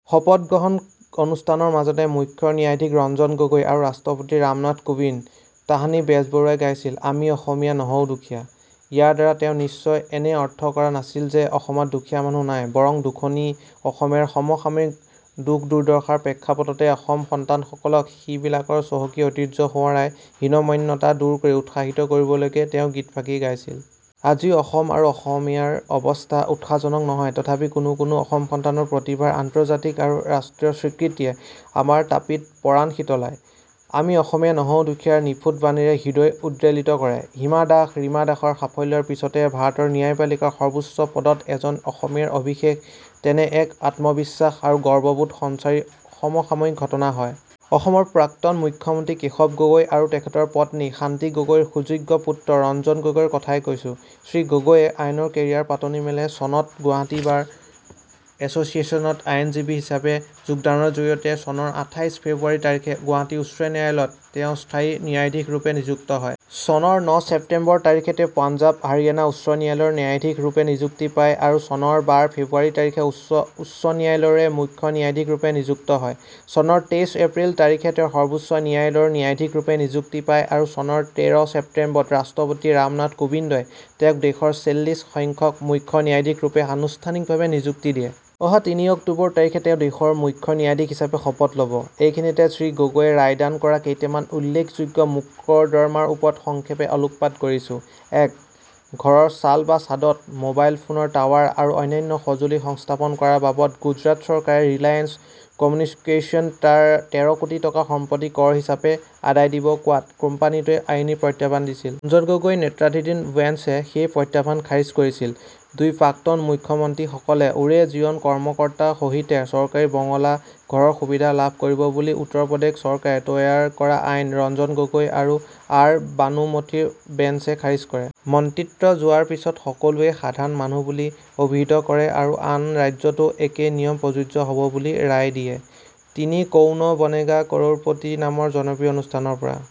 শপত গ্ৰহণ অনুষ্ঠানৰ মাজতে মুখ্য ন্যায়াধীশ ৰঞ্জন গগৈ আৰু ৰাষ্ট্ৰপতি ৰামনাথ কোবিন্দ। তাহানি বেজবৰুৱাই গাইছিল "আমি অসমীয়া নহওঁ দুখীয়া" ইয়াৰ দ্বাৰা তেওঁ নিশ্চয় এনে অৰ্থ কৰা নাছিল যে অসমত দুখীয়া মানুহ নাই, বৰং দুখুনী অসমীৰ সমসাময়িক দুখদুৰ্দশাৰ প্ৰেক্ষাপটতে অসম সন্তানসকলক সিবিলাকৰ চহকী ঐতিহ্য সোঁৱৰাই হীনমন্যতা দূৰ কৰি উৎসাহিত কৰিবলৈকে তেওঁ গীতফাকি গাইছিল।‌ আজিও অসম আৰু অসমীয়াৰ অৱস্থা উৎসাহজনক নহয় তথাপি কোনো কোনো অসমসন্তানৰ প্ৰতিভাৰ আন্তৰ্জাতিক আৰু ৰাষ্ট্ৰীয় স্বীকৃতিয়ে আমাৰ তাপিত পৰাণ শীতলাই। আমি অসমীয়া নহওঁ দুখীয়াৰ নিফুট বাণীৰে হৃদয় উদ্বেলিত কৰে। হিমা দাস, ৰীমা দাসৰ সাফল্যৰ পিছতে ভাৰতৰ ন্যায়পালিকাৰ সৰ্বোচ্চ পদত এজন অসমীয়াৰ অভিষেক, তেনে এক আত্মবিশ্বাস আৰু গৰ্ববোধ সঞ্চাৰী সমসাময়িক ঘটনা হয় ।‌ অসমৰ প্ৰাক্তন মুখ্য মন্ত্ৰী কেশৱ গগৈ আৰু তেখেতৰ পত্নী শান্তি গগৈৰ সুযোগ্য পুত্ৰ ৰঞ্জন গগৈৰ কথাই কৈছোঁ। শ্ৰী গগৈয়ে আইনৰ কেৰিয়াৰৰ পাতনি মেলে চনত গুৱাহাটী বাৰ এছচিয়েশ্যনত আইনজীৱী হিচাপে যোগদানৰ জৰিয়তে চনৰ আঠাইশ ফেব্ৰুৱাৰি তাৰিখে গুৱাহাটী উচ্চ ন্যায়ালত তেওঁ স্থায়ী ন্যায়াধীশৰূপে নিযুক্ত হয়। চনৰ ন ছেপ্তেম্বৰ তাৰিখে তেওঁ পাঞ্জাব আৰু হাৰিয়ানা উচ্চ ন্যায়ালয়ৰ ন্যায়াধীশৰূপে নিযুক্তি পায় আৰু চনৰ বাৰ ফেব্ৰুৱাৰি তাৰিখে উক্ত উচ্চ ন্যায়ালয়ৰে মুখ্য ন্যায়াধীশৰূপে নিযুক্ত হয়। চনৰ তেইছ এপ্ৰিল তাৰিখে তেওঁ সৰ্বোচ্চ ন্যায়ালয়ৰ ন্যায়াধীশৰূপে নিযুক্তি পায় আৰু চনৰ তেৰ ছেপ্তেম্বৰত ৰাষ্ট্ৰপতি ৰামনাথ কোবিন্দই তেওঁক দেশৰ ছেল্লিছ সংখ্যক মুখ্য ন্যায়াধীশৰূপে আনুষ্ঠানিকভাৱে নিযুক্তি দিয়ে। অহা তিনি অক্টোবৰ তাৰিখে তেওঁ দেশৰ মুখ্য ন্যায়াধীশ হিচাপে শপত ল'ব। এইখিনিতে শ্ৰী গগৈয়ে ৰায়দান কৰা কেইটামান উল্লেখযোগ্য মোকৰ্দমাৰ ওপৰত সংক্ষেপে আলোকপাত কৰিছো। এক - ঘৰৰ চাল বা ছাদত মবাইল ফোনৰ টাৱাৰ আৰু অন্যান্য সঁজুলি সংস্থাপন কৰাৰ বাবদ গুজৰাট চৰকাৰে ৰিলায়েন্স কম্যুনিকেইশ্যনক তেৰ কোটি টকা সম্পত্তি কৰ হিচাপে আদায় দিব কোৱাত কোম্পানিটোৱে আইনী প্ৰত্যাহ্বান দিছিল । ৰঞ্জন গগৈ নেতৃত্বাধীন বেন্সে সেই প্ৰত্যাহ্বান খাৰিজ কৰিছিল। দুই- প্ৰাক্তন মুখ্য মন্ত্ৰীসকলে ওৰে জীৱন কৰ্মকৰ্তা সহিতে চৰকাৰী বঙলা ঘৰৰ সুবিধা লাভ কৰিব বুলি উত্তৰ প্ৰদেশ চৰকাৰে তৈয়াৰ কৰা আইন ৰঞ্জন গগৈ আৰু আৰ্ বানুমথীৰ বেন্সে খাৰিজ কৰে। মন্ত্ৰীত্ব যোৱাৰ পিছত সকলোৱেই সাধাৰণ মানুহ বুলি অভিহিত কৰে আৰু আন ৰাজ্যতো একেই নিয়ম প্ৰযোজ্য হব বুলি ৰায় দিয়ে।‌ তিনি- কৌন বনেগা কৰোড়পতি নামৰ জনপ্ৰিয় অনুষ্ঠানৰ পৰা